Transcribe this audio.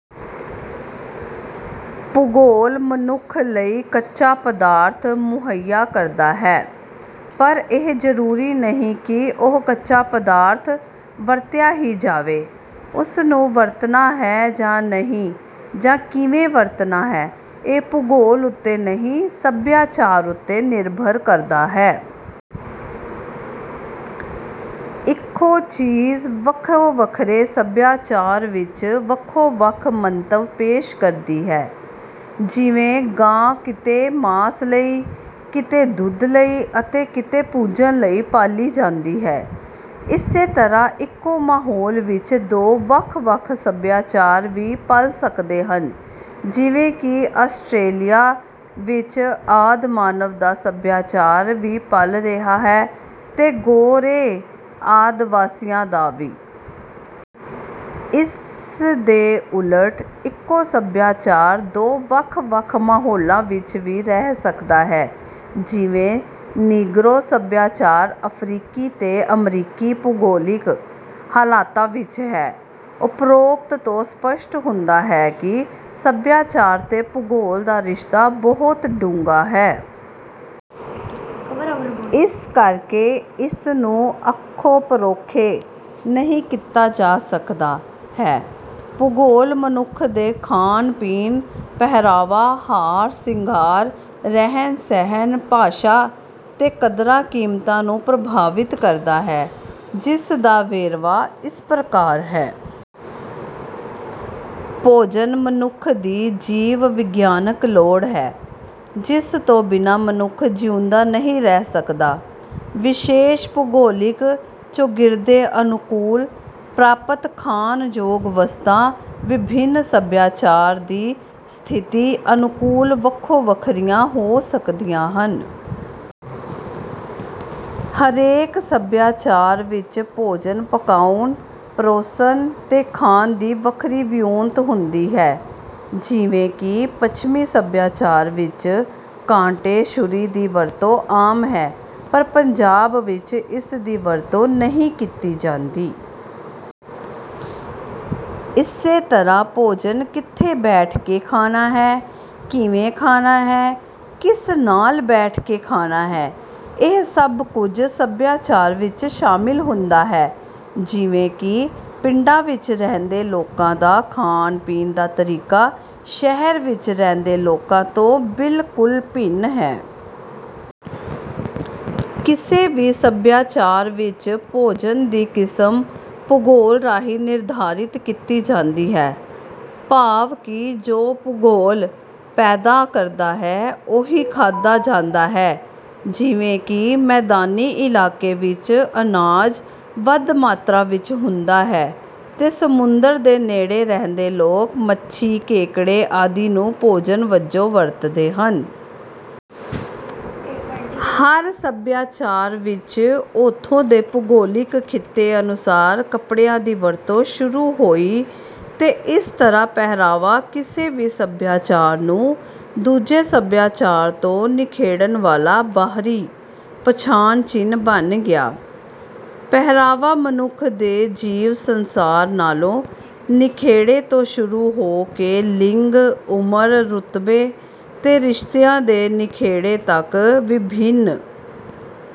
ਭੂਗੋਲ ਮਨੁੱਖ ਲਈ ਕੱਚਾ ਪਦਾਰਥ ਮੁਹੱਈਆ ਕਰਦਾ ਹੈ, ਪਰ ਇਹ ਜ਼ਰੂਰੀ ਨਹੀਂ ਕਿ ਓਹ ਕੱਚਾ ਪਦਾਰਥ ਵਰਤਿਆ ਹੀ ਜਾਵੇ। ਉਸਨੂੰ ਵਰਤਣਾ ਹੈ ਜਾਂ ਨਹੀਂ ਜਾਂ ਕਿਵੇਂ ਵਰਤਣਾ ਹੈ ਇਹ ਭੂਗੋਲ ਉੱਤੇ ਨਹੀਂ, ਸਭਿਆਚਾਰ ਉੱਤੇ ਨਿਰਭਰ ਕਰਦਾ ਹੈ। ਇੱਕੋ ਚੀਜ਼ ਵੱਖੋ ਵੱਖਰੇ ਸਭਿਆਚਾਰ ਵਿੱਚ ਵੱਖੋ ਵੱਖ ਮੰਤਵ ਪੇਸ਼ ਕਰਦੀ ਹੈ, ਜਿਵੇਂ ਗਾਂ ਕਿਤੇ ਮਾਸ ਲਈ, ਕਿਤੇ ਦੁੱਧ ਲਈ ਅਤੇ ਕਿਤੇ ਪੂਜਣ ਲਈ ਪਾਲੀ ਜਾਂਦੀ ਹੈ। ਇਸੇ ਤਰ੍ਹਾਂ ਇੱਕੋ ਮਾਹੌਲ ਵਿੱਚ ਦੋ ਵੱਖ ਵੱਖ ਸਭਿਆਚਾਰ ਵੀ ਪਲ ਸਕਦੇ ਹਨ ਜਿਵੇਂ ਕਿ ਆਸਟਰੇਲੀਆ ਵਿੱਚ ਆਦਿ ਮਾਨਵ ਦਾ ਸਭਿਆਚਾਰ ਵੀ ਪਲ ਰਿਹਾ ਹੈ ਤੇ ਗੋਰੇ ਆਦਿ ਵਾਸੀਆਂ ਦਾ ਵੀ। ਇਸ ਦੇ ਉਲਟ ਇੱਕੋ ਸਭਿਆਚਾਰ ਦੋ ਵੱਖ ਵੱਖ ਮਾਹੌਲਾਂ ਵਿੱਚ ਵੀ ਰਹਿ ਸਕਦਾ ਹੈ, ਜਿਵੇਂ ਨੀਗਰੋ ਸਭਿਆਚਾਰ ਅਫਰੀਕੀ ਤੇ ਅਮਰੀਕੀ ਭੂਗੋਲਿਕ ਹਾਲਾਤਾਂ ਵਿੱਚ ਹੈ। ਉਪਰੋਕਤ ਤੋਂ ਸਪਸ਼ਟ ਹੁੰਦਾ ਹੈ ਕਿ ਸਭਿਆਚਾਰ ਤੇ ਭੂਗੋਲ ਦਾ ਰਿਸ਼ਤਾ ਬਹੁਤ ਡੂੰਘਾ ਹੈ। ਇਸ ਕਰਕੇ ਇਸ ਨੂੰ ਅੱਖੋਂ ਪਰੋਖੇ ਨਹੀਂ ਕੀਤਾ ਜਾ ਸਕਦਾ ਹੈ। ਭੂਗੋਲ ਮਨੁੱਖ ਦੇ ਖਾਣ ਪੀਣ, ਪਹਿਰਾਵਾ, ਹਾਰ ਸਿੰਗਾਰ, ਰਹਿਣ ਸਹਿਣ, ਭਾਸ਼ਾ ਤੇ ਕਦਰਾਂ ਕੀਮਤਾਂ ਨੂੰ ਪ੍ਰਭਾਵਿਤ ਕਰਦਾ ਹੈ। ਜਿਸਦਾ ਵੇਰਵਾ ਇਸ ਪ੍ਰਕਾਰ ਹੈ। ਭੋਜਨ ਮਨੁੱਖ ਦੀ ਜੀਵ ਵਿਗਿਆਨਿਕ ਲੋੜ ਹੈ, ਜਿਸ ਤੋਂ ਬਿਨਾਂ ਮਨੁੱਖ ਜਿਉਂਦਾ ਨਹੀਂ ਰਹਿ ਸਕਦਾ। ਵਿਸ਼ੇਸ਼ ਭੂਗੋਲਿਕ ਚੌਗਿਰਦੇ ਅਨੁਕੂਲ ਪ੍ਰਾਪਤ ਖਾਣ ਯੋਗ ਵਸਤਾਂ ਵਿਭਿੰਨ ਸਭਿਆਚਾਰ ਦੀ ਸਥਿਤੀ ਅਨੁਕੂਲ ਵੱਖੋ ਵੱਖਰੀਆਂ ਹੋ ਸਕਦੀਆਂ ਹਨ। ਹਰੇਕ ਸਭਿਆਚਾਰ ਵਿੱਚ ਭੋਜਨ ਪਕਾਉਣ, ਪਰੋਸਣ ਤੇ ਖਾਣ ਦੀ ਵੱਖਰੀ ਵਿਉਂਤ ਹੁੰਦੀ ਹੈ, ਜਿਵੇਂ ਕਿ ਪੱਛਮੀ ਸਭਿਆਚਾਰ ਵਿੱਚ ਕਾਂਟੇ ਛੁਰੀ ਦੀ ਵਰਤੋਂ ਆਮ ਹੈ, ਪਰ ਪੰਜਾਬ ਵਿੱਚ ਇਸ ਦੀ ਵਰਤੋਂ ਨਹੀਂ ਕੀਤੀ ਜਾਂਦੀ। ਇਸੇ ਤਰ੍ਹਾਂ ਭੋਜਨ ਕਿੱਥੇ ਬੈਠ ਕੇ ਖਾਣਾ ਹੈ, ਕਿਵੇਂ ਖਾਣਾ ਹੈ, ਕਿਸ ਨਾਲ ਬੈਠ ਕੇ ਖਾਣਾ ਹੈ, ਇਹ ਸਭ ਕੁਝ ਸਭਿਆਚਾਰ ਵਿੱਚ ਸ਼ਾਮਿਲ ਹੁੰਦਾ ਹੈ, ਜਿਵੇਂ ਕਿ ਪਿੰਡਾਂ ਵਿੱਚ ਰਹਿੰਦੇ ਲੋਕਾਂ ਦਾ ਖਾਣ ਪੀਣ ਦਾ ਤਰੀਕਾ ਸ਼ਹਿਰ ਵਿੱਚ ਰਹਿੰਦੇ ਲੋਕਾਂ ਤੋਂ ਬਿਲਕੁਲ ਭਿੰਨ ਹੈ। ਕਿਸੇ ਵੀ ਸਭਿਆਚਾਰ ਵਿੱਚ ਭੋਜਨ ਦੀ ਕਿਸਮ ਭੂਗੋਲ ਰਾਹੀਂ ਨਿਰਧਾਰਿਤ ਕੀਤੀ ਜਾਂਦੀ ਹੈ। ਭਾਵ ਕਿ ਜੋ ਭੂਗੋਲ ਪੈਦਾ ਕਰਦਾ ਹੈ, ਓਹੀ ਖਾਧਾ ਜਾਂਦਾ ਹੈ। ਜਿਵੇਂ ਕਿ ਮੈਦਾਨੀ ਇਲਾਕੇ ਵਿੱਚ ਅਨਾਜ ਵੱਧ ਮਾਤਰਾ ਵਿੱਚ ਹੁੰਦਾ ਹੈ ਤੇ ਸਮੁੰਦਰ ਦੇ ਨੇੜੇ ਰਹਿੰਦੇ ਲੋਕ ਮੱਛੀ ਕੇਕੜੇ ਆਦਿ ਨੂੰ ਭੋਜਨ ਵਜੋਂ ਵਰਤਦੇ ਹਨ। ਹਰ ਸਭਿਆਚਾਰ ਵਿੱਚ ਉੱਥੋਂ ਦੇ ਭੂਗੋਲਿਕ ਖਿੱਤੇ ਅਨੁਸਾਰ ਕੱਪੜਿਆਂ ਦੀ ਵਰਤੋਂ ਸ਼ੁਰੂ ਹੋਈ ਤੇ ਇਸ ਤਰ੍ਹਾਂ ਪਹਿਰਾਵਾ ਕਿਸੇ ਵੀ ਸੱਭਿਆਚਾਰ ਨੂੰ ਦੂਜੇ ਸਭਿਆਚਾਰ ਤੋਂ ਨਿਖੇੜਨ ਵਾਲਾ ਬਾਹਰੀ ਪਛਾਣ ਚਿੰਨ੍ਹ ਬਣ ਗਿਆ। ਪਹਿਰਾਵਾ ਮਨੁੱਖ ਦੇ ਜੀਵ ਸੰਸਾਰ ਨਾਲੋਂ ਨਿਖੇੜੇ ਤੋਂ ਸ਼ੁਰੂ ਹੋ ਕੇ ਲਿੰਗ, ਉਮਰ, ਰੁਤਬੇ ਤੇ ਰਿਸ਼ਤਿਆਂ ਦੇ ਨਿਖੇੜੇ ਤੱਕ ਵਿਭਿੰਨ...